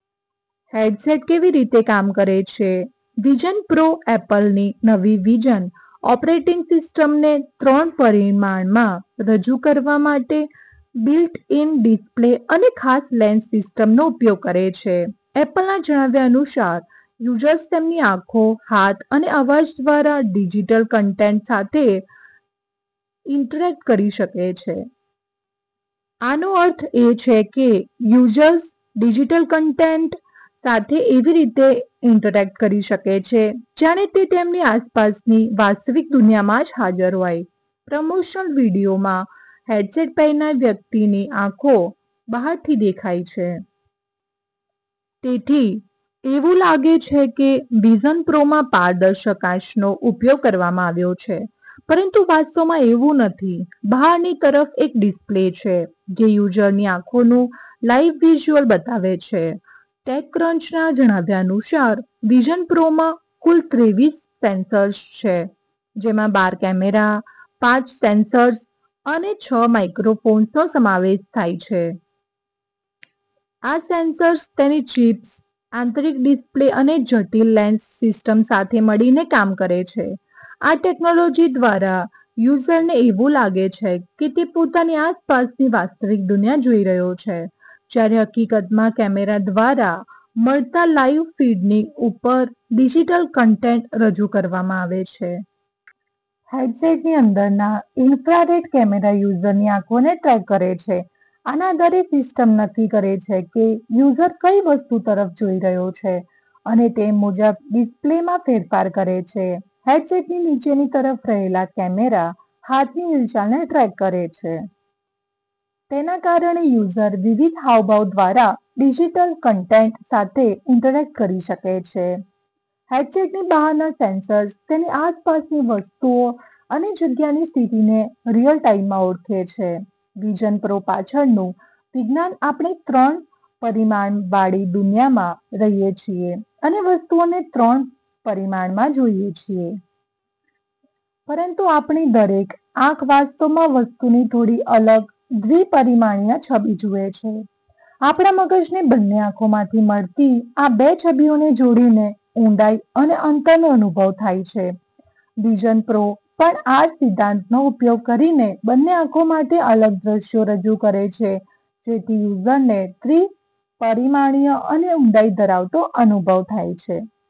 Headset કેવી રીતે કામ કરે છે? વિઝન પ્રો એપલની નવી વિઝન ઓપરેટિંગ સિસ્ટમને ત્રણ પરિમાણમાં રજૂ કરવા માટે બિલ્ટ-ઇન ડિસ્પ્લે અને ખાસ લેન્સ સિસ્ટમનો ઉપયોગ કરે છે. એપલના જણાવ્યા અનુસાર, યુઝર્સ તેમની આંખો, હાથ અને અવાજ દ્વારા ડિજિટલ કન્ટેન્ટ સાથે ઇન્ટરેક્ટ કરી શકે છે. આનો અર્થ એ છે કે યુઝર્સ ડિજિટલ કન્ટેન્ટ સાથે એવી રીતે ઇન્ટરેક્ટ કરી શકે છે, જાણે તે તેમની આસપાસની વાસ્તવિક દુનિયામાં જ હાજર હોય. પ્રમોશનલ વીડિયોમાં હેડસેટ પહેરનાર વ્યક્તિની આંખો બહારથી દેખાય છે. તેથી એવું લાગે છે કે વિઝન પ્રોમાં પારદર્શક કાચનો ઉપયોગ કરવામાં આવ્યો છે, પરંતુ વાસ્તવમાં એવું નથી. બહારની તરફ એક ડિસ્પ્લે છે, જે યુઝરની આંખોનું લાઇવ વિઝ્યુઅલ બતાવે છે. ટેકક્રંચના જણાવ્યા અનુસાર, વિઝન પ્રોમાં કુલ ત્રેવીસ સેન્સર્સ છે, જેમાં બાર કેમેરા, પાંચ સેન્સર્સ અને છ માઇક્રોફોન્સનો સમાવેશ થાય છે. આ સેન્સર્સ તેની ચિપ્સ, આંતરિક ડિસ્પ્લે અને જટિલ લેન્સ સિસ્ટમ સાથે મળીને કામ કરે છે. આ ટેક્નોલોજી દ્વારા યુઝરને એવું લાગે છે કે તે પોતાની આસપાસની વાસ્તવિક દુનિયા જોઈ રહ્યો છે, જ્યારે હકીકતમાં કેમેરા દ્વારા મળતા લાઇવ ફીડની ઉપર ડિજિટલ કન્ટેન્ટ રજૂ કરવામાં આવે છે. હેડસેટની અંદરના ઇન્ફ્રારેડ કેમેરા યુઝરની આંખોને ટ્રૅક કરે છે. આના આધારે સિસ્ટમ નક્કી કરે છે કે યુઝર કઈ વસ્તુ તરફ જોઈ રહ્યો છે અને તે મુજબ ડિસ્પ્લેમાં ફેરફાર કરે છે. હેડસેટની નીચેની તરફ રહેલા કેમેરા હાથની હિલચાલને ટ્રૅક કરે છે. તેના કારણે યુઝર વિવિધ હાવભાવ દ્વારા ડિજિટલ કન્ટેન્ટ સાથે ઇન્ટરેક્ટ કરી શકે છે. હેડસેટની બહારના સેન્સર્સ તેની આસપાસની વસ્તુઓ અને જગ્યાની સ્થિતિને રિયલ ટાઇમમાં ઓળખે છે. વિઝન પ્રો પાછળનું વિજ્ઞાન આપણે ત્રણ પરિમાણવાળી દુનિયામાં રહીએ છીએ અને વસ્તુઓને ત્રણ પરિમાણમાં જોઈએ છીએ. પરંતુ આપણી દરેક આંખ વાસ્તવમાં વસ્તુની થોડી અલગ દ્વિ-પરિમાણીય છબી જુએ છે. આપણા મગજને બંને આંખોમાંથી મળતી આ બે છબીઓને જોડીને ઊંડાઈ અને અંતરનો અનુભવ થાય છે. વિઝન પ્રો પણ આ જ સિદ્ધાંતનો ઉપયોગ કરીને બંને આંખો માટે અલગ દૃશ્યો રજૂ કરે છે, જેથી યુઝરને ત્રિ-પરિમાણીય અને ઊંડાઈ ધરાવતો અનુભવ થાય છે.